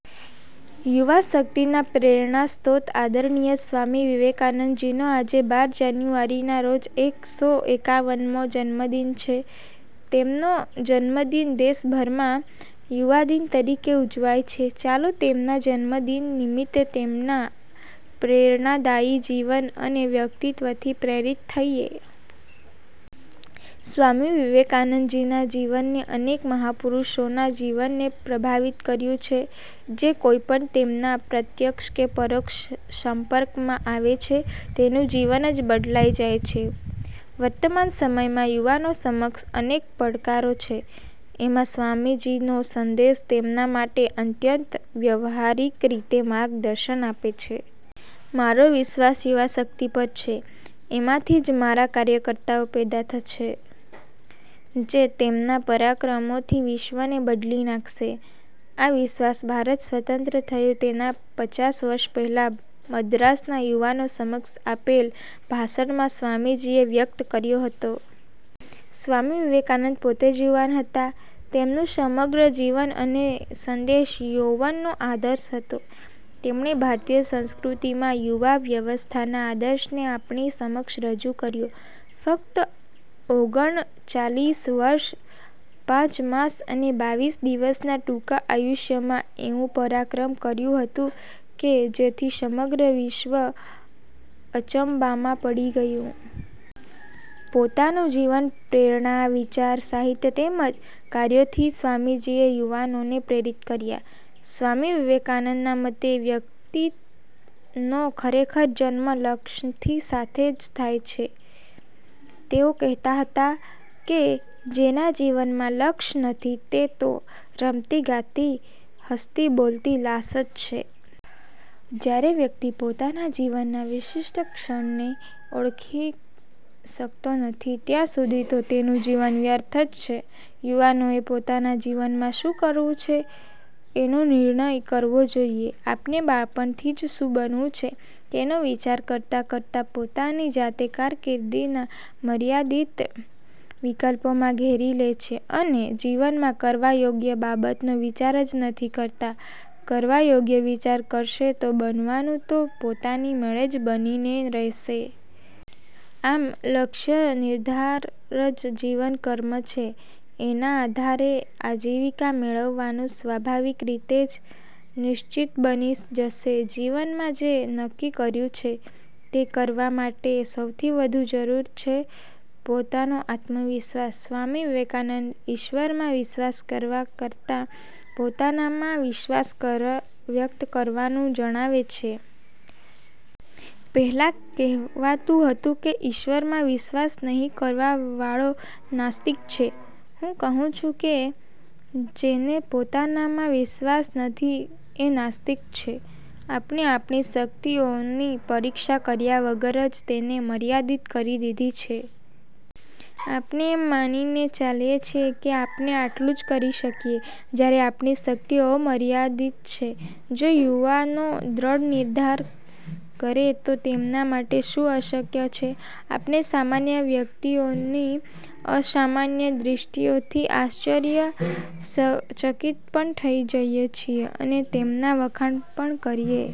યુવાશક્તિના પ્રેરણાસ્રોત આદરણીય સ્વામી વિવેકાનંદજીનો આજે બાર જાન્યુઆરીના રોજ એક સો એકાવન મો જન્મદિન છે. તેમનો જન્મદિન દેશભરમાં 'યુવાદિન' તરીકે ઉજવાય છે. ચાલો, તેમના જન્મદિન નિમિત્તે તેમના પ્રેરણાદાયી જીવન અને વ્યક્તિત્ત્વથી પ્રેરિત થઈએ. સ્વામી વિવેકાનંદજીના જીવને અનેક મહાપુરુષોના જીવનને પ્રભાવિત કર્યું છે. જે કોઈપણ તેમના પ્રત્યક્ષ કે પરોક્ષ સંપર્કમાં આવે છે તેનું જીવન જ બદલાઈ જાય છે. વર્તમાન સમયમાં યુવાનો સમક્ષ અનેક પડકારો છે, એમાં સ્વામીજીનો સંદેશ તેમના માટે અત્યંત વ્યવહારિક રીતે માર્ગદર્શન આપે છે. "મારો વિશ્વાસ યુવાશક્તિ પર છે. એમાંથી જ મારા કાર્યકર્તાઓ પેદા થચે, જે તેમના પરાક્રમોથી વિશ્વને બદલી નાખશે. આ વિશ્વાસ ભારત સ્વતંત્ર થયું તેનાં પચાસ વર્ષ પહેલાં મદ્રાસના યુવાનો સમક્ષ આપેલ ભાષણમાં સ્વામીજીએ વ્યકત કર્યો હતો. સ્વામી વિવેકાનંદ પોતે જ યુવાન હતા. તેમનું સમગ્ર જીવન અને સંદેશ યૌવનનો આદર્શ હતો. તેમણે ભારતીય સંસ્કૃતિમાં યુવાવસ્થાના આદર્શને આપણી સમક્ષ રજૂ કર્યો. ફકત ઓગન ચાલીસ વર્ષ, પાંચ માસ અને બાવીસ દિવસના ટૂંકા આયુષ્યમાં એવું પરાક્રમ કર્યું હતું કે, જેથી સમગ્ર વિશ્વ અચંબામાં પડી ગયું. પોતાનું જીવન, પ્રેરણા, વિચાર, સાહિત્ય તેમજ કાર્યોથી સ્વામીજીએ યુવાનોને પ્રેરિત કર્યા. સ્વામી વિવેકાનંદના મતે વ્યકિતનો ખરેખર જન્મ લક્ષની સાથે જ થાય છે. તેઓ કહેતા હતા કે, ''જેના જીવનમાં લક્ષ નથી તે તો રમતીગાતી, હસતીબોલતી લાશ જ છે.'' જયારે વ્યકિત પોતાના જીવનના વિશિષ્ટ લક્ષને ઓળખી શકતો નથી ત્યાં સુધી તો એનું જીવન વ્યર્થ જ છે. યુવાનોએ પોતાના જીવનમાં શું કરવું છે એનો નિર્ણય કરવો જોઈએ. આપણે બાળપણથી જ શું બનવું છે તેનો વિચાર કરતાં કરતાં પોતાની જાતે કારકિર્દીના મર્યાદિત વિકલ્પોમાં ઘેરી લે છે અને જીવનમાં કરવા યોગ્ય બાબતોનો વિચાર જ નથી કરતા, કરવા યોગ્ય વિચાર કરશે તો બનવાનું તો પોતાની મેળે જ બનીને રહેશે. આમ, લક્ષ નિર્ધાર જ જીવન કર્મ છે. એના આધારે આજીવિકા મેળવવાનું સ્વાભાવિક રીતે જ નિશ્વિત બની જશે. જીવનમાં જે નક્કી કર્યું છે તે કરવા માટે સૌથી વધુ જરૂર છે પોતાનો આત્મવિશ્વાસ. સ્વામી વિવેકાનંદ ઈશ્વરમાં વિશ્વાસ કરવા કરતાં પોતાનામાં વિશ્વાસ કર વ્યકત કરવાનું જણાવે છે. "પહેલાં કહેવાતું હતું કે, ઈશ્વરમાં વિશ્વાસ નહિ કરવાવાળો નાસ્તિક છે. હું કહું છું કે, જેને પોતાનામાં વિશ્વાસ નથી એ નાસ્તિક છે. " આપણે આપણી શકિતઓની પરીક્ષા કર્યા વગર જ તેને મર્યાદિત કરી દીધી છે. આપણે એમ માનીને ચાલીએ છીએ કે આપણે આટલુ જ કરી શકીએ, જયારે આપણી શકિતઓ અમર્યાદીત છે. જો યુવાનો દ્રઢ નિર્ધાર કરે તો તેમના માટે શું અશકય છે? આપણે સામાન્ય વ્યકિતઓની અસામાન્ય સિદ્ધિઓથી આશ્ચર્યશચકિત પણ થઈ જઈએ છીએ અને તેમનાં વખાણ પણ કરીએ